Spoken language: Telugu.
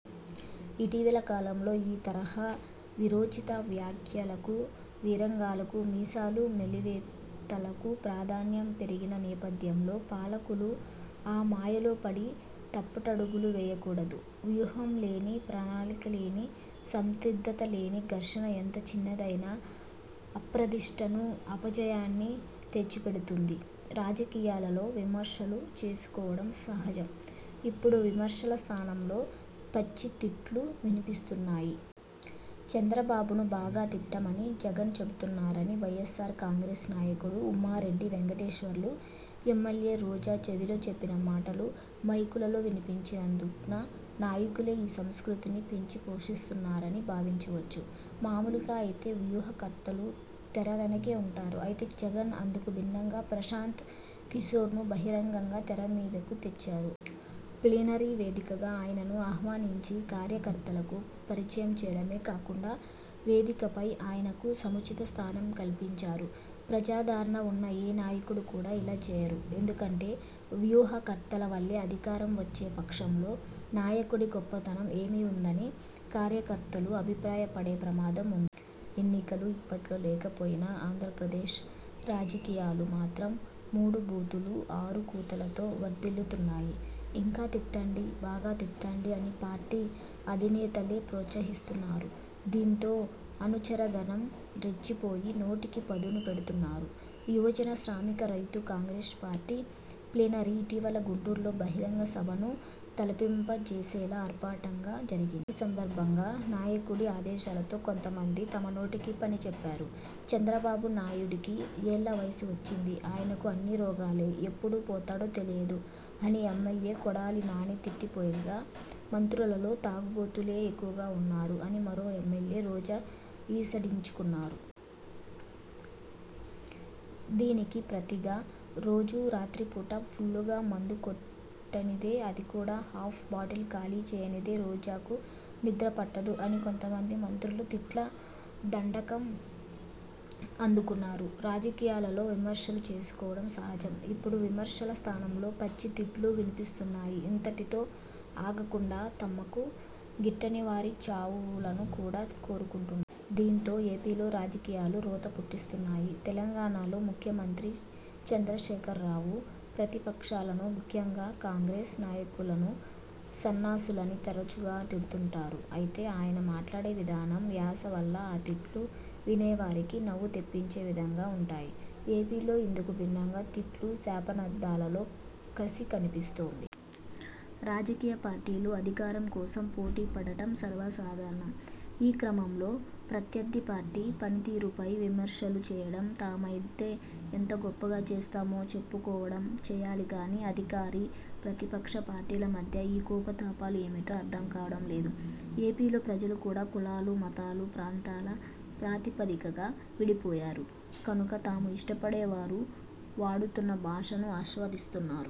ఇటీవలి కాలంలో ఈ తరహా వీరోచిత వ్యాఖ్యలకు, వీరంగాలకు, మీసాలు మెలివేతలకూ ప్రాధాన్యం పెరిగిన నేపథ్యంలో, పాలకులు ఆ మాయలో పడి తప్పటడుగులు వేయకూడదు. వ్యూహంలేని, ప్రణాళికలేని, సంసిద్ధతలేని ఘర్షణ ఎంత చిన్నదైనా అప్రదిష్టనూ, అపజయాన్నీ తెచ్చిపెడుతుంది. రాజకీయాలలో విమర్శలు చేసుకోవడం సహజం. ఇప్పుడు విమర్శల స్థానంలో పచ్చి తిట్లు వినిపిస్తున్నాయి. చంద్రబాబును బాగా తిట్టమని జగన్ చెబుతున్నారని వై. ఎస్. ఆర్. కాంగ్రెస్ నాయకుడు ఉమ్మారెడ్డి వెంకటేశ్వర్లు ఎమ్మెల్యే రోజా చెవిలో చెప్పిన మాటలు మైకులలో వినిపించి నందున నాయకులే ఈ సంస్కృతిని పెంచి పోషిస్తున్నారని భావించవచ్చు. మామూలుగా అయితే వ్యూహకర్తలు తెర వెనుకే ఉంటారు. అయితే జగన్ అందుకు భిన్నంగా ప్రశాంత్ కిశోర్ను బహిరంగంగా తెర మీదకు తెచ్చారు. ప్లీనరీ వేదికగా ఆయనను ఆహ్వానించి కార్యకర్తలకు పరిచయం చేయడమే కాకుండా వేదికపై ఆయనకు సముచిత స్థానం కల్పించారు. ప్రజాదారణ ఉన్న ఏ నాయకుడు కూడా ఇలా చేయరు. ఎందుకంటే వ్యూహకర్తల వల్లే అధికారం వచ్చే పక్షంలో నాయకుడి గొప్పతనం ఏమి ఉందని కార్యకర్తలు అభిప్రాయపడే ప్రమాదం ఉంది. ఎన్నికలు ఇప్పట్లో లేకపోయినా ఆంధ్రప్రదేశ్ రాజకీయాలు మాత్రం 'మూడు బూతులు– ఆరు కూతలతో' వర్ధిల్లుతున్నాయి. 'ఇంకా తిట్టండి– బాగా తిట్టండి' అని పార్టీ అధినేతలే ప్రోత్సహిస్తున్నారు. దీంతో అనుచరగణం రెచ్చిపోయి నోటికి పదును పెడుతున్నారు. యువజన శ్రామిక రైతు కాంగ్రెస్ పార్టీ ప్లీనరీ ఇటీవల గుంటూరులో బహిరంగసభను తలపింపజేసేలా ఆర్భాటంగా జరిగింది. ఈ సందర్భంగా నాయకుడి ఆదేశాలతో కొంతమంది తమ నోటికి పని చెప్పారు. ''చంద్రబాబు నాయుడికి ఏళ్ల వయసు వచ్చింది. ఆయనకు అన్నీ రోగాలే! ఎప్పుడు పోతాడో తెలియదు'' అని ఎమ్మెల్యే కొడాలి నాని తిట్టిపోయగా, ''మంత్రులలో తాగుబోతులే ఎక్కువగా ఉన్నారు'' అని మరో ఎమ్మెల్యే రోజా ఈసడించుకున్నారు. దీనికి ప్రతిగా ''రోజూ రాత్రిపూట ఫుల్లుగా మందు కొట్టనిదే అది కూడా హాఫ్ బాటిల్ ఖాళీ చేయనిదే రోజాకు నిద్ర పట్టదు'' అని కొంతమంది మంత్రులు తిట్ల దండకం అందుకున్నారు. రాజకీయాలలో విమర్శలు చేసుకోవడం సహజం. ఇప్పుడు విమర్శల స్థానంలో పచ్చి తిట్లు వినిపిస్తున్నాయి. ఇంతటితో ఆగకుండా తమకు గిట్టనివారి చావులను కూడా కోరుకుంటున్నారు. దీంతో ఏపీలో రాజకీయాలు రోత పుట్టిస్తున్నాయి. తెలంగాణలో ముఖ్యమంత్రి చంద్రశేఖరరావు ప్రతిపక్షాలను ముఖ్యంగా కాంగ్రెస్ నాయకులను సన్నాసులని తరచుగా తిడుతుంటారు. అయితే ఆయన మాట్లాడే విధానం, యాస వల్ల ఆ తిట్లు వినేవారికి నవ్వు తెప్పించే విధంగా ఉంటాయి. ఏపీలో ఇందుకు భిన్నంగా తిట్లు– శాపనార్థాలలో కసి కనిపిస్తోంది. రాజకీయ పార్టీలు అధికారం కోసం పోటీపడటం సర్వ సాధారణం! ఈ క్రమంలో ప్రత్యర్థి పార్టీ పనితీరుపై విమర్శలు చేయడం, తామైతే ఎంత గొప్పగా చేస్తామో చెప్పుకోవడం చేయాలి గానీ అధికార – ప్రతిపక్ష పార్టీల మధ్య ఈ కోపతాపాలు ఏమిటో అర్థంకావడం లేదు. ఏపీలో ప్రజలు కూడా కులాలు, మతాలు, ప్రాంతాల ప్రాతిపదికగా విడిపోయారు కనుక తాము ఇష్టపడేవారు వాడుతున్న భాషను ఆస్వాదిస్తున్నారు.